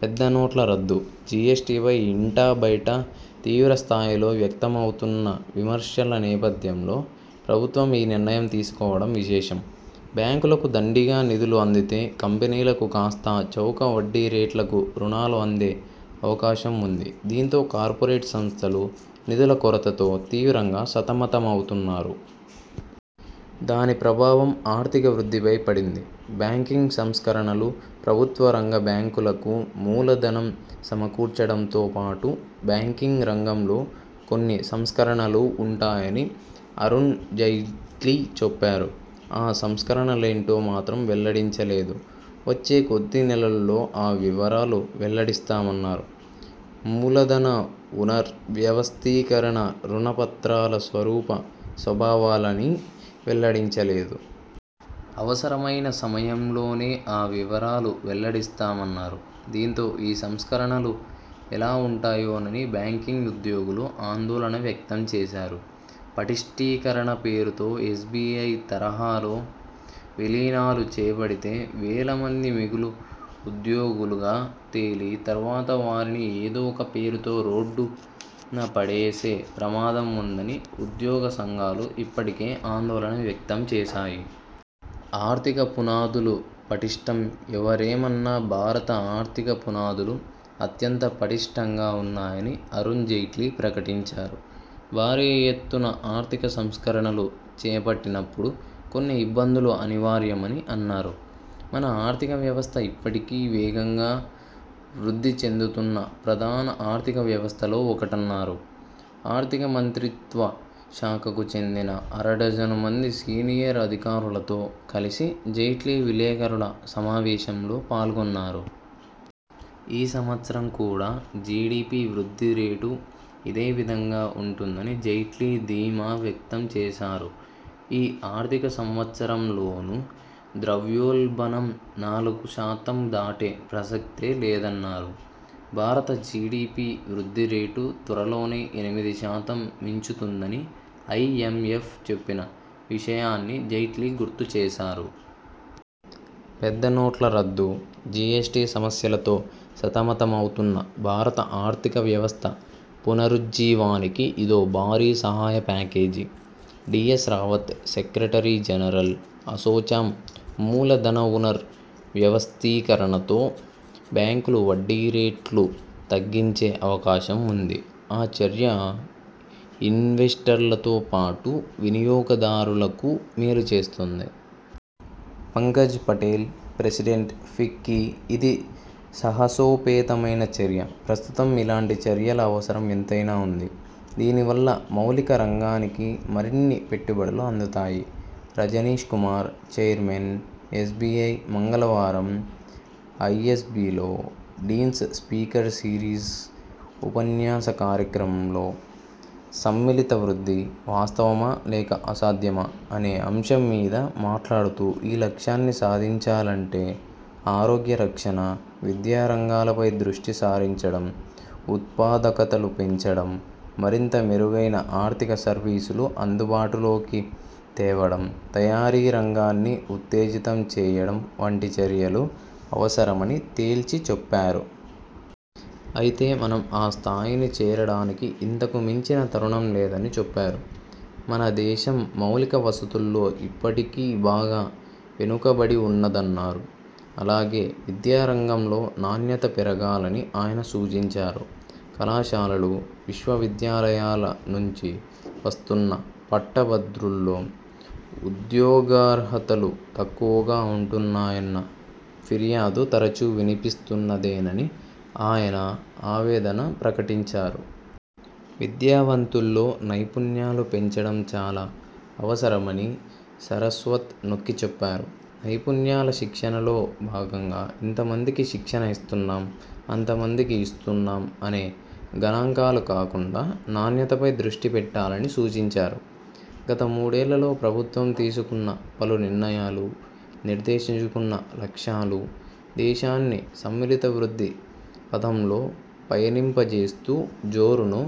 పెద్ద నోట్ల రద్దు, జిఎస్టిపై ఇంటా బయట తీవ్రస్థాయిలో వ్యక్తమవుతున్న విమర్శల నేపథ్యంలో ప్రభుత్వం ఈ నిర్ణయం తీసుకోవడం విశేషం. బ్యాంకులకు దండిగా నిధులు అందితే కంపెనీలకు కాస్తా చౌక వడ్డీ రేట్లకు రుణాలు అందే అవకాశం ఉంది. దీంతో కార్పొరేట్ సంస్థలు నిధుల కొరతతో తీవ్రంగా సతమతమవుతున్నాయి. దాని ప్రభావం ఆర్థిక వృద్ధిపై పడింది. బ్యాంకింగ్ సంస్కరణలు ప్రభుత్వ రంగ బ్యాంకులకు మూల ధనం సమకూర్చడంతో పాటు బ్యాంకింగ్ రంగంలో కొన్ని సంస్కరణలూ ఉంటాయని అరుణ్ జైట్లీ చెప్పారు. ఆ సంస్కరణలేంటో మాత్రం వెల్లడించలేదు. వచ్చే కొద్ది నెలల్లో ఆ వివరాలు వెల్లడిస్తామన్నారు. మూలధన పునర్ వ్యవస్థీకరణ రుణ పత్రాల స్వరూప స్వభావాలనీ వెల్లడించలేదు. అవసరమైన సమయంలోనే ఆ వివరాలు వెల్లడిస్తామన్నారు. దీంతో ఈ సంస్కరణలు ఎలా ఉంటాయోనని బ్యాంకింగ్ ఉద్యోగులు ఆందోళన వ్యక్తం చేస్తున్నారు. పటిష్టీకరణ పేరుతో ఎస్బిఐ తరహాలో విలీనాలు చేపడితే వేల మంది మిగులు ఉద్యోగులుగా తేలి తర్వాత వారిని ఏదో ఒక పేరుతో రోడ్డున పడేసే ప్రమాదం ఉందని ఉద్యోగ సంఘాలు ఇప్పటికే ఆందోళన వ్యక్తం చేశాయి. ఆర్థికపునాదులు పటిష్టం ఎవరేమన్నా భారత ఆర్థిక పునాదులు అత్యంత పటిష్టంగా ఉన్నాయని అరుణ్ జైట్లీ ప్రకటించారు. భారీ ఎత్తున ఆర్థిక సంస్కరణలు చేపట్టినప్పుడు కొన్ని ఇబ్బందులు అనివార్యమని అన్నారు. మన ఆర్థిక వ్యవస్థ ఇప్పటికీ వేగంగా వృద్ధి చెందుతున్న ప్రధాన ఆర్థిక వ్యవస్థల్లో ఒకటన్నారు. ఆర్థిక మంత్రిత్వ శాఖకు చెందిన అరడజను మంది సీనియర్ అధికారులతో కలిసి జైట్లీ విలేకరుల సమావేశంలో పాల్గొన్నారు. ఈ సంవత్సరం కూడా జిడిపి వృద్ధి రేటు ఇదే విధంగా ఉంటుందని జైట్లీ ధీమా వ్యక్తం చేశారు. ఈ ఆర్థిక సంవత్సరంలోనూ ద్రవ్యోల్బణం నాలుగు శాతం దాటే ప్రసక్తే లేదన్నారు. భారత జిడిపి వృద్ధి రేటు త్వరలోనే ఎనిమిది శాతం మించుతుందని ఐఎంఎఫ్ చెప్పిన విషయాన్ని జైట్లీ గుర్తు చేశారు. పెద్ద నోట్ల రద్దు, జిఎస్టి సమస్యలతో సతమతమవుతున్న భారత ఆర్థిక వ్యవస్థ పునరుజ్జీవానికి ఇదో భారీ సహాయ package. D S Rawat, secretary general, ASSOCHAM మూల ధన పునర్ వ్యవస్థీకరణతో బ్యాంకులు వడ్డీ రేట్లు తగ్గించే అవకాశం ఉంది. ఆ చర్య ఇన్వెస్టర్లతో పాటు వినియోగదారులకూ మేలు చేస్తుంది. పంకజ్ పటేల్, ప్రెసిడెంట్, ఫిక్కీ ఇది సాహసోపేతమైన చర్య. ప్రస్తుతం ఇలాంటి చర్యల అవసరం ఎంతైనా ఉంది. దీనివల్ల మౌలిక రంగానికి మరిన్ని పెట్టుబడులు అందుతాయి. రజనీష్ కుమార్, చైర్మన్, ఎస్బిఐ మంగళవారం ఐఎ్సబిలో డీన్స్ స్పీకర్ సీరిస్ ఉపన్యాస కార్యక్రమంలో ''సమ్మిళిత వృద్ధి, వాస్తవమా లేక అసాధ్యమా'' అనే అంశం మీద మాట్లాడుతూ ఈ లక్ష్యాన్ని సాధించాలంటే ఆరోగ్య రక్షణ, విద్యా రంగాలపై దృష్టి సారించడం, ఉత్పాదకతలు పెంచడం, మరింత మెరుగైన ఆర్థిక సర్వీసులు అందుబాటులోకి తేవడం, తయారీ రంగాన్ని ఉత్తేజితం చేయడం వంటి చర్యలు అవసరమని తేల్చి చెప్పారు. అయితే మనం ఆ స్థాయిని చేరడానికి ఇంతకు మించిన తరుణం లేదని చెప్పారు. మన దేశం మౌలిక వసతుల్లో ఇప్పటికీ బాగా వెనుకబడి ఉన్నదన్నారు. అలాగే విద్యారంగంలో నాణ్యత పెరగాలని ఆయన సూచించారు. కళాశాలలు, విశ్వవిద్యాలయాల నుం చి వస్తున్న పట్టభద్రుల్లో ఉద్యోగార్హతలు తక్కువగా ఉంటున్నాయన్న ఫిర్యాదు తరచు వినిపిస్తున్నదేనని ఆయన ఆవేదన ప్రకటించారు. విద్యావంతుల్లో నైపుణ్యాలు పెంచడం చాలా అవసరమని సరస్వత్ నొక్కిచెప్పారు. నైపుణ్యాల శిక్షణలో భాగంగా ఇంతమందికి శిక్షణ ఇస్తున్నాం, అంతమందికి ఇస్తున్నాం అనే గణాంకాలు కాకుండా నాణ్యతపై దృష్టి పెట్టాలని సూచించారు. గత మూడేళ్లలో ప్రభుత్వం తీసుకున్న పలు నిర్ణయాలు, నిర్దేశించుకున్న లక్ష్యాలు దేశాన్ని సమ్మిళిత వృద్ధి పథంలో పయనింపచేస్తూ జోరును